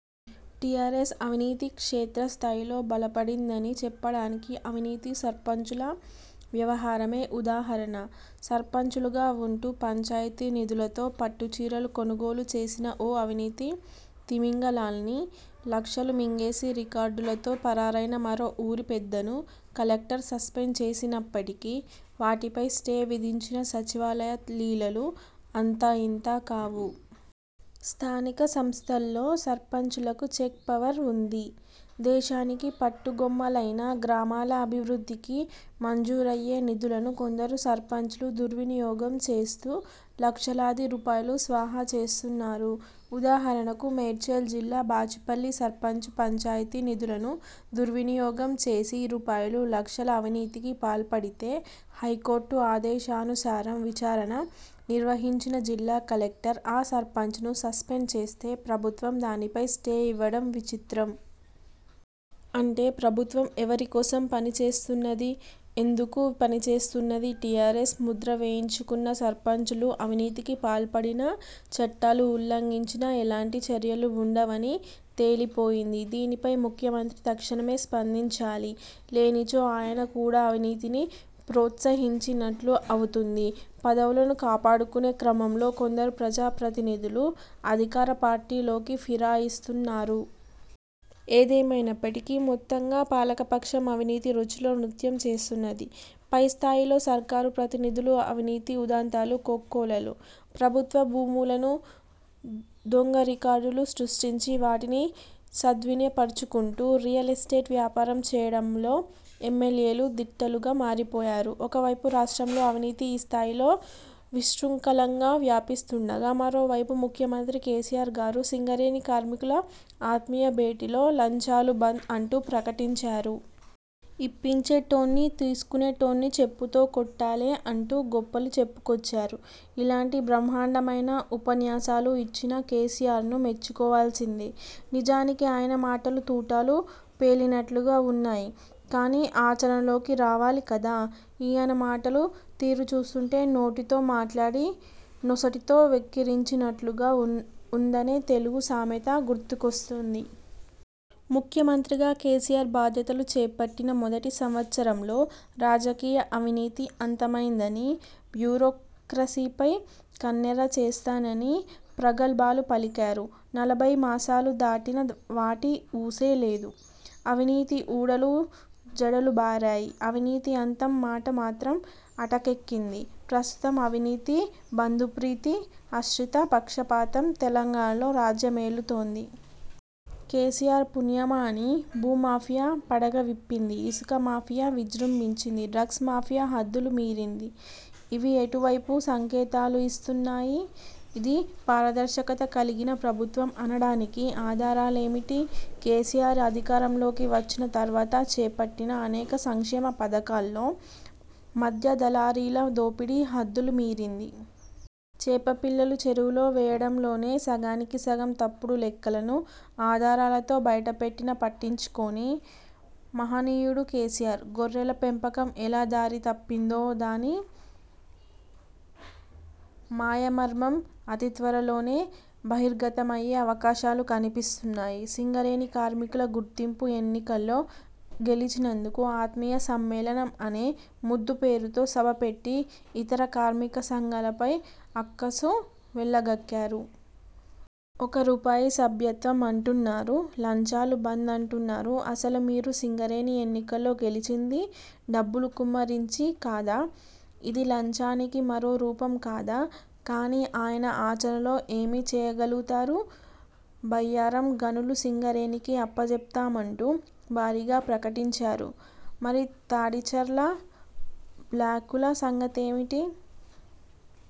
TRS అవినీతి క్షేత్రస్థాయిలో బలపడిందని చెప్పడానికి అవినీతి సర్పంచుల వ్యవహారమే ఉదాహరణ. సర్పంచులుగా వుంటూ పంచాయతీ నిధులతో పట్టుచీరలు కొనుగోలు చేసిన ఓ అవినీతి తిమింగలాన్ని, లక్షలు మింగేసి రికార్డులతో పరారైన మరో ఊరి పెద్దను కలెక్టర్ సస్పెండ్ చేసినప్పటికీ వాటిపై స్టే విధించిన సచివాలయ లీలలు అంతా ఇంతా కావు. స్థానిక సంస్థల్లో సర్పంచులకు చెక్ పవర్ వుంది. దేశానికి పట్టుగొమ్మలైన గ్రామాల అభివృద్ధికి మంజూరయ్యే నిధులను కొందరు సర్పంచులు దుర్వినియోగం చేస్తూ లక్షలాది రూపాయలు స్వాహా చేస్తున్నారు. ఉదాహరణకు మేడ్చల్ జిల్లా బాచుపల్లి సర్పంచు పంచాయతీ నిధులను దుర్వినియోగం చేసి రూ. లక్షల అవినీతికి పాల్పడితే హైకోర్టు ఆదేశానుసారం విచారణ నిర్వహించిన జిల్లా కలెక్టర్ ఆ సర్పంచును సస్పెండ్ చేస్తే ప్రభుత్వం దానిపై స్టే ఇవ్వడం విచిత్రం. అంటే ప్రభుత్వం ఎవరి కోసం పనిచేస్తున్నది? ఎందుకు పనిచేస్తున్నది. టీఆర్ఎస్ ముద్ర వేయించుకున్న సర్పంచులు అవినీతికి పాల్పడినా, చట్టాలు ఉల్లంఘించినా ఎలాంటి చర్యలు వుండవని తేలిపోయింది. దీనిపై ముఖ్యమంత్రి తక్షణమే స్పందించాలి. లేనిచో ఆయన కూడా అవినీతిని ప్రోత్సహించినట్లు అవుతుంది. పదవులను కాపాడుకునే క్రమంలో కొందరు ప్రజాప్రతినిధులు అధికారపార్టీలోకి ఫిరాయిస్తున్నారు. ఏదేమైనప్పటికీ మొత్తంగా పాలకపక్షం అవినీతి రొచ్చులో నృత్యం చేస్తున్నది. పైస్థాయిలో సర్కారు ప్రతినిధుల అవినీతి ఉదంతాలు కోకొల్లలు. ప్రభుత్వ భూములకు దొంగరికార్డులు సృష్టించి వాటిని స్వాధీనపర్చుకుంటూ రియల్ ఎస్టేట్ వ్యాపారం చేయడంలో ఎమ్మెల్యేలు దిట్టలుగా మారిపోయారు. ఒకవైపు రాష్ట్రంలో అవినీతి ఈ స్థాయిలో విశృంఖలంగా వ్యాపిస్తుండగా మరోవైపు ముఖ్యమంత్రి కేసీఆర్ గారు సింగరేణి కార్మికుల ఆత్మీయ భేటీలో ''లంచాలు బంద్'' అంటూ ప్రకటించారు. 'ఇప్పించే టోన్ని, తీసుకునేటోన్ని చెప్పుతో కొట్టాలె' అంటూ గొప్పలు చెప్పుకొచ్చారు. ఇలాంటి బ్రహ్మాండమైన ఉపన్యాసాలు ఇచ్చిన కేసీఆర్ను మెచ్చుకోవాల్సిందే. నిజానికి ఆయన మాటలు తూటాలు పేలినట్లుగా వున్నాయి. కానీ ఆచరణలోకి రావాలి కదా! ఈయన మాటలు తీరు చూస్తుంటే ''నోటితో మాట్లాడి నొసటితో వెక్కిరించినట్లు''గా వుందనే తెలుగు సామెత గుర్తుకొస్తుంది. ముఖ్యమంత్రిగా కేసీఆర్ బాధ్యతలు చేపట్టిన మొదటి సంవత్సరంలో రాజకీయ అవినీతి అంతమైందని, బ్యూరోక్రసీపై కన్నెర్ర చేస్తానని ప్రగల్భాలు పలికారు. నలభై మాసాలు దాటినా వాటి ఊసే లేదు. అవినీతి ఊడలు జడలు బారాయి. అవినీతి అంతం మాట మాత్రం అటకెక్కింది. ప్రస్తుతం అవినీతి, బంధుప్రీతి, ఆశ్రిత పక్షపాతం తెలంగాణలో రాజ్యమేలుతోంది. కేసీఆర్ పుణ్యమాని భూ మాఫియా పడగ విప్పింది. ఇసుక మాఫియా విజృంభించింది. డ్రగ్స్ మాఫియా హద్దులు మీరింది. ఇవి ఎటు వైపు సంకేతాలు ఇస్తున్నాయి? ఇది పారదర్శకత కలిగిన ప్రభుత్వం అనడానికి ఆధారాలేమిటి? కేసీఆర్ అధికారంలోకి వచ్చిన తర్వాత చేపట్టిన అనేక సంక్షేమ పథకాల్లో మధ్య దళారీల దోపిడీ హద్దులు మీరింది. చేప పిల్లలు చెరువులో వేయడంలోనే సగానికి సగం తప్పుడు లెక్కలను ఆధారాలతో బయటపెట్టినా పట్టించుకోని మహనీయుడు కేసీఆర్. గొర్రెల పెంపకం ఎలా దారి తప్పిందో దాని మాయమర్మం అతిత్వరలోనే బహిర్గతమయ్యే అవకాశాలు కనిపిస్తున్నాయి. సింగరేణి కార్మికుల గుర్తింపు ఎన్నికల్లో గెలిచినందుకు ఆత్మీయ సమ్మేళనం అనే ముద్దుపేరుతో సభ పెట్టి ఇతర కార్మిక సంఘాలపై అక్కసు వెళ్లగక్కారు. ఒక రూపాయి సభ్యత్వం అంటున్నారు. లంచాలు బంద్ అంటున్నారు. అసలు మీరు సింగరేణి ఎన్నికల్లో గెలిచింది డబ్బులు కుమ్మరించి కాదా? ఇది లంచానికి మరో రూపం కాదా? కానీ, ఆయన ఆచరణలో ఏమి చేయగలుగుతారు? బయ్యారం గనులు సింగరేణికే అప్పజెప్తామంటూ భారీగా ప్రకటించారు. మరి తాడిచర్ల, బ్లాకుల సంగతేమిటి?